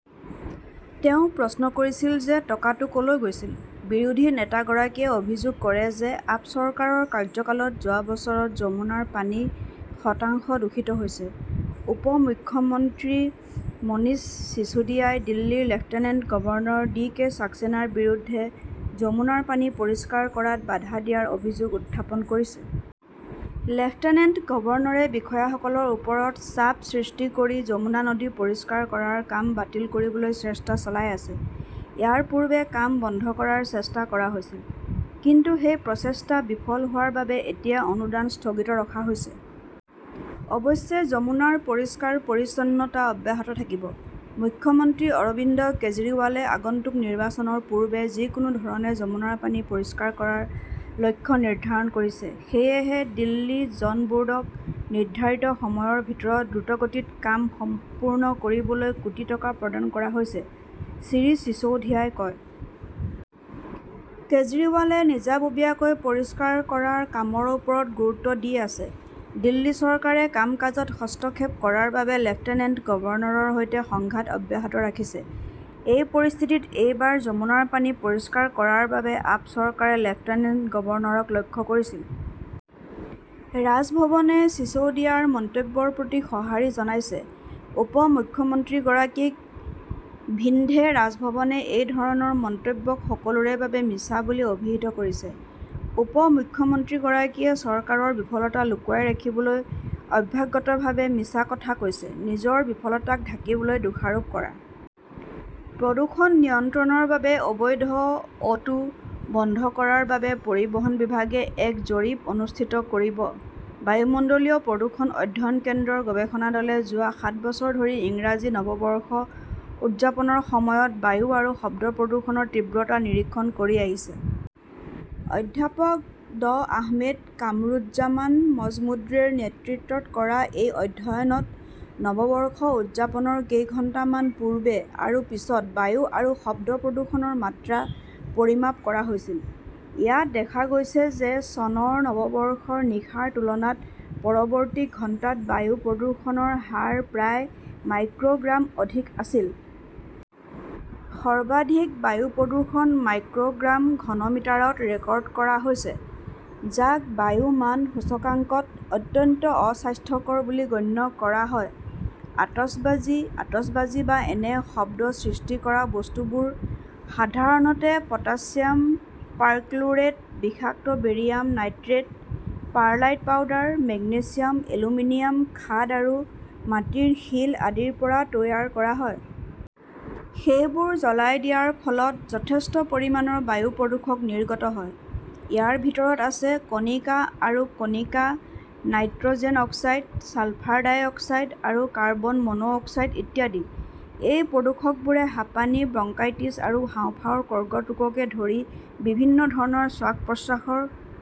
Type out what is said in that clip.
তেওঁ প্ৰশ্ন কৰিছিল যে টকাটো ক "লৈ গৈছিল। বিৰোধী নেতা গৰাকীয়ে অভিযোগ কৰে যে আপ চৰকাৰৰ কাৰ্যকালত যোৱা বছৰত যমুনাৰ পানী শতাংশ দূষিত হৈছে। উপ মুখ্যমন্ত্ৰী মনীষ চিচোদিয়াই দিল্লীৰ লেফটেনেণ্ট গভৰ্ণৰ ভি কে সাক্সেনাৰ বিৰুদ্ধে যমুনাৰ পানী পৰিষ্কাৰ কৰাত বাধা দিয়াৰ অভিযোগ উত্থাপন কৰিছে। "লেফটেনেণ্ট গভৰ্ণৰে বিষয়াসকলৰ ওপৰত চাপ সৃষ্টি কৰি যমুনা নদী পৰিষ্কাৰ কৰাৰ কাম বাতিল কৰিবলৈ চেষ্টা চলাই আছে। ইয়াৰ পূৰ্বে কাম বন্ধ কৰাৰ চেষ্টা কৰা হৈছিল। কিন্তু সেই প্ৰচেষ্টা বিফল হোৱাৰ বাবে এতিয়া অনুদান স্থগিত ৰখা হৈছে। অৱশ্যে যমুনাৰ পৰিষ্কাৰ-পৰিচ্ছন্নতা অব্যাহত থাকিব। "মুখ্যমন্ত্ৰী অৰবিন্দ কেজৰিৱালে আগন্তুক নিৰ্বাচনৰ পূৰ্বে যিকোনো ধৰণে যমুনাৰ পানী পৰিষ্কাৰ কৰাৰ লক্ষ্য নিৰ্ধাৰণ কৰিছে। সেয়েহে দিল্লী জল বোৰ্ডক নিৰ্ধাৰিত সময়ৰ ভিতৰত দ্ৰুতগতিত কামটো সম্পূৰ্ণ কৰিবলৈ কোটি টকা প্ৰদান কৰা হৈছে, শ্ৰী চিচৌধিয়াই কয়। কেজৰিৱালে নিজাববীয়াকৈ পৰিষ্কাৰ কৰাৰ কামৰ ওপৰত গুৰুত্ব দি আছে। দিল্লী চৰকাৰে কাম-কাজত হস্তক্ষেপ কৰাৰ বাবে লেফটেনেণ্ট গভৰ্ণৰৰ সৈতে সংঘাত অব্যাহত ৰাখিছে। এই পৰিস্থিতিত এইবাৰ যমুনাৰ পানী পৰিষ্কাৰ কৰাৰ বাবে আপ চৰকাৰে লেফটেনেণ্ট গভৰ্ণৰক লক্ষ্য কৰিছিল। ৰাজভৱনে চিছৌদিয়াৰ মন্তব্যৰ প্ৰতি সঁহাৰি জনাইছে। উপ মুখ্যমন্ত্ৰীগৰাকীক ভিন্ধে ৰাজভৱনে এই ধৰণৰ মন্তব্যক সকলোৰে বাবে মিছা বুলি অভিহিত কৰিছে। উপ মুখ্যমন্ত্ৰীগৰাকীয়ে চৰকাৰৰ বিফলতা লুকুৱাই ৰাখিবলৈ অভ্যাসগতভাৱে মিছা কথা কৈছে। নিজৰ বিফলতাক ঢাকিবলৈ দোষাৰোপ কৰা। প্ৰদূষণ নিয়ন্ত্ৰণৰ বাবে অবৈধ অটো বন্ধ কৰাৰ বাবে পৰিবহণ বিভাগে এক জৰীপ অনুষ্ঠিত কৰিব বায়ুমণ্ডলীয় প্ৰদূষণ অধ্যয়ন কেন্দ্ৰৰ গৱেষণা দলে যোৱা সাত বছৰ ধৰি ইংৰাজী নৱবৰ্ষ উদযাপনৰ সময়ত বায়ু আৰু শব্দ প্ৰদূষণৰ তীব্ৰতা নিৰীক্ষণ কৰি আহিছে। অধ্যাপক ড আহমেদ কামৰুজ্জামান মজমুদ্ৰেৰ নেতৃত্বত কৰা এই অধ্যয়নত নৱবৰ্ষ উদযাপনৰ কেইঘণ্টামান পূৰ্বে আৰু পিছত বায়ু আৰু শব্দ প্ৰদূষণৰ মাত্ৰা পৰিমাপ কৰা হৈছিল। ইয়াত দেখা গৈছে যে চনৰ নৱবৰ্ষৰ নিশাৰ তুলনাত পৰৱৰ্তী ঘণ্টাত বায়ু প্ৰদূষণৰ হাৰ প্ৰায় মাইক্ৰ "গ্ৰাম অধিক আছিল। সৰ্বাধিক বায়ু প্ৰদূষণ মাইক্ৰ "গ্ৰাম/ঘন মিটাৰত ৰেকৰ্ড কৰা হৈছে যাক বায়ু মান সূচকাংকত অত্যন্ত অস্বাস্থ্যকৰ বুলি গণ্য কৰা হয়। আতচবাজী, আতচবাজী বা এনে শব্দ সৃষ্টি কৰা বস্তুবোৰ সাধাৰণতে পটাছিয়াম পাৰ্কলোৰেট, বিষাক্ত barium nitrate, perlite powder, magnesium, aluminium খাদ আৰু মাটিৰ শিল আদিৰ পৰা তৈয়াৰ কৰা হয়। সেইবোৰ জ্বলাই দিয়াৰ ফলত যথেষ্ট পৰিমাণৰ বায়ু প্ৰদূষক নিৰ্গত হয়। ইয়াৰ ভিতৰত আছে কণিকা আৰু কণিকা, "nitrogen oxide, sulphur dioxide আৰু কাৰ্বন মন" অক্সাইড ইত্যাদি। এই প্ৰদূষকবোৰে হাঁপানি, ব্ৰংকাইটিছ আৰু হাঁওফাঁওৰ কৰ্কট ৰোগকে ধৰি বিভিন্ন ধৰণৰ শ্বাস-প্ৰশ্বাসৰ